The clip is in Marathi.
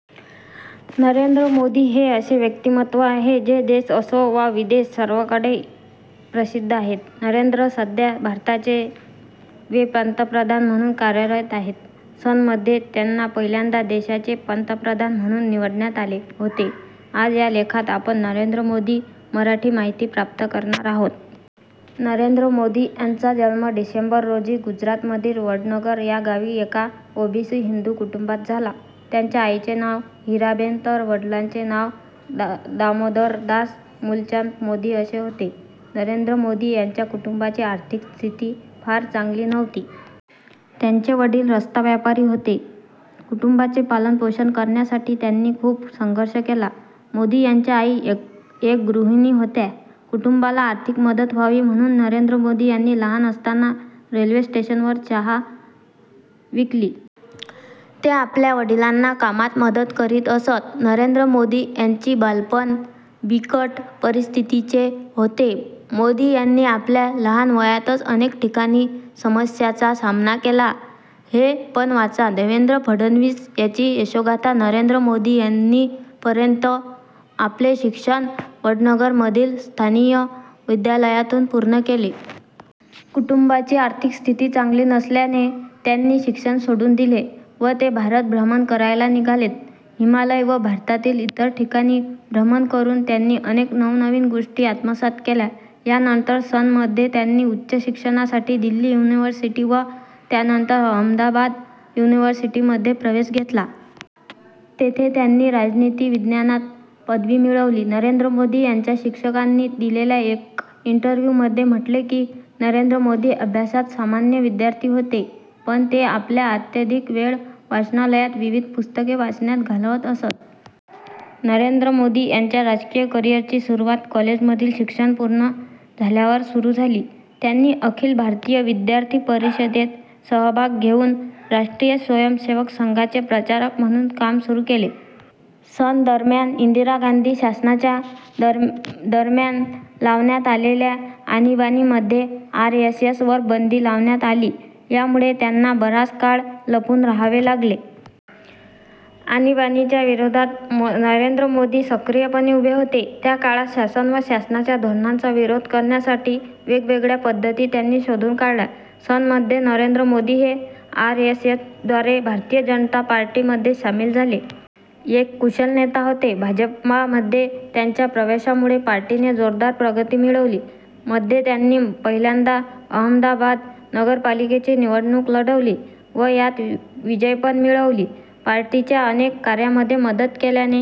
नरेंद्र मोदी हे असे व्यक्तिमत्व आहे जे देश असो वा विदेश सर्वकडे प्रसिद्ध आहेत. नरेंद्र सध्या भारताचे वे पंतप्रधान म्हणून कार्यरत आहेत. सन मध्ये त्यांना पहिल्यांदा देशाचे पंतप्रधान म्हणून निवडण्यात आले होते. आज या लेखात आपण नरेंद्र मोदी मराठी माहिती प्राप्त करणार आहोत. नरेंद्र मोदी यांचा जन्म डिसेंबर रोजी गुजरातमधील वडनगर या गावी एका ओबीसी हिंदू कुटुंबात झाला. त्यांच्या आईचे नाव हिराबेन तर वडिलांचे नाव दामोदरदास मुलचंद मोदी असे होते. नरेंद्र मोदी यांच्या कुटुंबाची आर्थिक स्थिति फार चांगली नव्हती. त्यांचे वडील रस्ता व्यापारी होते. कुटुंबाचे पालनपोषण करण्यासाठी त्यांनी खूप संघर्ष केला. मोदी यांच्या आई एक गृहिणी होत्या. कुटुंबाला आर्थिक मदत व्हावी म्हणून नरेंद्र मोदी यांनी लहान असताना रेल्वे स्टेशन वर चहा विकली. ते आपल्या वडिलांना कामात मदत करीत असत. नरेंद्र मोदी यांची बालपण बिकट परिस्थितीचे होते. मोदी यांनी आपल्या लहान वयातच अनेक कठीण समस्याचा सामना केला. हे पण वाचा> देवेंद्र फडणवीस यांची यशोगाथा नरेंद्र मोदी यांनी पर्यन्त आपले शिक्षण वडनगर मधील स्थानीय विद्यालयातून पूर्ण केले. कुटुंबाची आर्थिक स्थिति चांगली नसल्याने त्यांनी शिक्षण सोडून दिले व ते भारत भ्रमण करायला निघालेत. हिमालय व भारतातील इतर ठिकाणी भ्रमण करून त्यांनी अनेक नवनवीन गोष्टी आत्मसात केल्या. या नंतर सन मध्ये त्यांनी उच्च शिक्षणासाठी दिल्ली यूनिवर्सिटी व त्यानंतर अहमदाबाद यूनिवर्सिटी मध्ये प्रवेश घेतला. तेथे त्यांनी राजनीति विज्ञानात पदवी मिळवली. नरेंद्र मोदी यांच्या शिक्षकांनी दिलेल्या एक इंटरव्ह्यु मध्ये म्हटले की नरेंद्र मोदी अभ्यासात सामान्य विद्यार्थी होते पण ते आपला अत्यधिक वेळ वाचनालयात विविध पुस्तके वाचण्यात घालवत असत. नरेंद्र मोदी यांच्या राजकीय करियर ची सुरुवात कॉलेज मधील शिक्षण पूर्ण झाल्यावर सुरू झाली. त्यांनी अखिल भारतीय विद्यार्थी परिषदेत सहभाग घेऊन राष्ट्रीय स्वयम सेवक संघाचे प्रचारक म्हणून काम सुरू केले. सन दरम्यान इंदिरा गांधी शासनाच्या दरम्यान लावण्यात आलेल्या आणीबाणी मध्ये आरएसएस वर बंदी लावण्यात आली यामुळे त्यांना बराच काळ लपून राहावे लागले. आणीबाणी च्या विरोधात नरेंद्र मोदी सक्रिय पणे उभे होते. त्या काळात शासन व शासनाच्या धोरणांचा विरोध करण्यासाठी वेगवेगळ्या पद्धती त्यांनी शोधून काढल्या. सन मध्ये नरेंद्र मोदी हे आरएसएस द्वारे भारतीय जनता पार्टी मध्ये सामील झाले. एक कुशल नेता होते. भाजपा मध्ये त्यांच्या प्रवेशामुळे पार्टी ने जोरदार प्रगती मिळवली. मध्ये त्यांनी पहिल्यांदा अहमदाबाद नगर पालिकेची निवडणूक लढवली. व यात विजय पण मिळवली. पार्टीच्या अनेक कार्यामध्ये मदत केल्याने